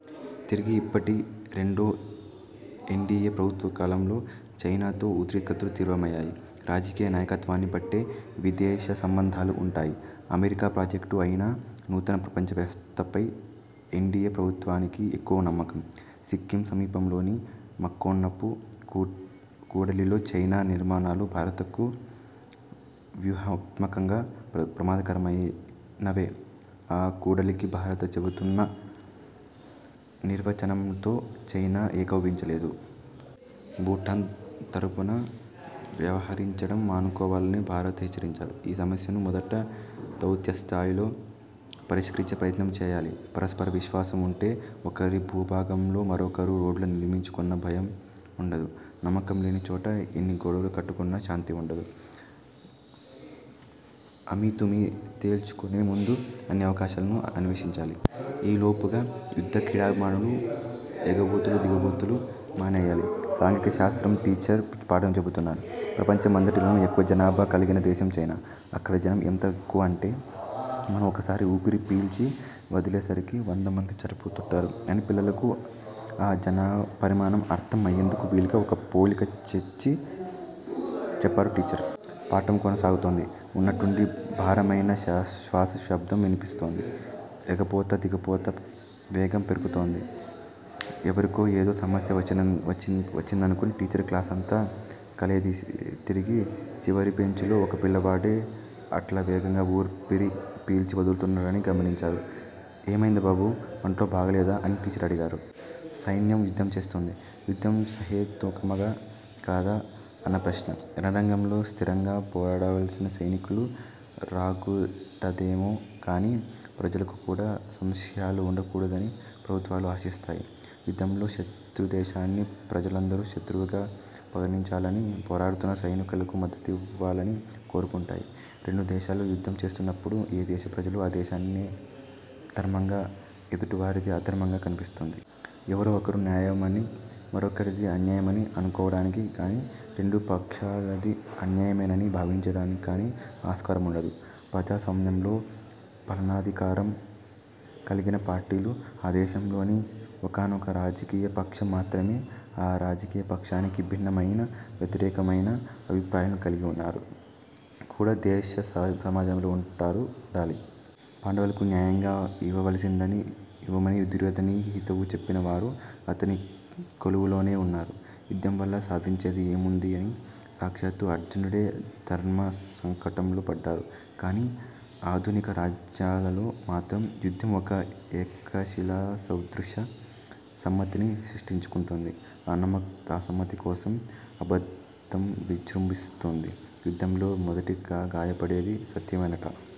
తిరిగి, ఇప్పటి రెండో ఎన్డీఏ ప్రభుత్వకాలంలో చైనాతో ఉద్రిక్తతలు తీవ్రమయ్యాయి. రాజకీయనాయకత్వాన్ని బట్టే విదేశసంబంధాలు ఉంటాయి. అమెరికా ప్రాజెక్టు అయిన నూతన ప్రపంచ వ్యవస్థపై ఎన్డీఏ ప్రభుత్వానికి ఎక్కువ నమ్మకం. సిక్కిం సమీపంలోని ముక్కోణపు కూడలిలో చైనా నిర్మాణాలు భారతకు వ్యూహాత్మకంగా ప్రమాదకరమైనవే. ఆ కూడలికి భారత చెబుతున్న నిర్వచనంతో చైనా ఏకభవించడంలేదు. భూటాన్ తరఫున వ్యవహరించడం మానుకోవాలని భారతను హెచ్చరిస్తున్నది. ఈ సమస్యను మొదట దౌత్యస్థాయిలో పరిష్కరించే ప్రయత్నం చేయాలి. పరస్పర విశ్వాసం ఉంటే, ఒకరి భూభాగంలో మరొకరు రోడ్లు నిర్మించుకున్నా భయం ఉండదు. నమ్మకం లేని చోట, ఎన్ని గోడలు కట్టుకున్నా శాంతి ఉండదు. అమీతుమీ తేల్చుకునే ముందు, అన్ని అవకాశాలను అన్వేషించాలి. ఈ లోపుగా, యుద్ధ క్రీడాభిమానులు ఎగపోతలు, దిగపోతలు మానేయాలి. సాంఘిక శాస్త్రం టీచర్ పాఠం చెబుతున్నారు. ప్రపంచం అంతటిలోనూ ఎక్కువ జనాభా కలిగిన దేశం చైనా. అక్కడ జనం ఎంత ఎక్కువ అంటే, మనం ఒకసారి ఊపిరి పీల్చి వదిలేసరికి వంద మంది చనిపోతుంటారు- అని పిల్లలకు ఆ జనపరిమాణం అర్థం అయ్యేందుకు వీలుగా ఒక పోలిక తెచ్చి చెప్పారు టీచర్. పాఠం కొనసాగుతోంది. ఉన్నట్టుండి భారమైన। శ్వాస శబ్దం వినిపిస్తోంది. ఎగపోత దిగపోత వేగం పెరిగితోంది. ఎవరికో ఏదో సమస్య వచ్చిందనుకుని టీచర్ క్లాస్ అంతా కలయతిరిగి, చివరి బెంచిలో ఒక పిల్లవాడే అట్లా వేగంగా ఊపిరి పీల్చి వదులుతున్నాడని గమనించారు. ''ఏమైంది బాబూ, వంట్లో బాగాలేదా''-– అని టీచర్ అడిగారు. సైన్యం యుద్ధం చేస్తుంది. యుద్ధం సహేతుకమా కాదా అన్న ప్రశ్న– రణరంగంలో స్థిరంగా పోరాడవలసిన సైనికులకు రాగూడదేమో కానీ, ప్రజలకు కూడా సంశయాలు ఉండకూడదని ప్రభుత్వాలు ఆశిస్తాయి. యుద్ధంలో శత్రుదేశాన్ని ప్రజలందరూ శత్రువుగా పరిగణించాలని, పోరాడుతున్న సైనికులకు మద్దతుఇవ్వాలని కోరుకుంటాయి. రెండుదేశాలు యుద్ధం చేస్తున్నప్పుడు, ఏ దేశం ప్రజలకు ఆ దేశానిదే ధర్మంగా, ఎదుటివారిది అధర్మంగా కనిపిస్తుంది. ఎవరో ఒకరిది న్యాయమని, మరొకరిది అన్యాయమని అనుకోవడానికి గాని, రెండు పక్షాలదీ అన్యాయమేనని భావించడానికి కానీ ఆస్కారం ఉండదు. ప్రజాస్వామ్యంలో పాలనాధికారం కలిగిన పార్టీలు, ఆ దేశంలోని ఒకానొక రాజకీయపక్షం మాత్రమే. ఆ రాజకీయపక్షానికి భిన్నమయిన, వ్యతిరేకమయిన అభిప్రాయాలు కలిగినవారు కూడా దేశసమాజంలో ఉంటారు, ఉండాలి. పాండవులకు న్యాయంగా ఇవ్వవలసినది ఇవ్వమని దుర్యోధనుడికి హితవు చెప్పినవారు అతని కొలువులోనే ఉన్నారు. యుద్ధం వల్ల సాధించేది ఏముందని సాక్షాత్తూ అర్జునుడే ధర్మసంకటంలో పడ్డాడు. కానీ, ఆధునిక రాజ్యాలలో మాత్రం యుద్ధం ఒక ఏకశిలాసదృశ సమ్మతిని సృష్టించుకుంటుంది. ఆ సమ్మతికోసం అబద్ధంవిజృంభిస్తుం ది. యుద్ధంలో మొదటగాయపడేది సత్యమేనట.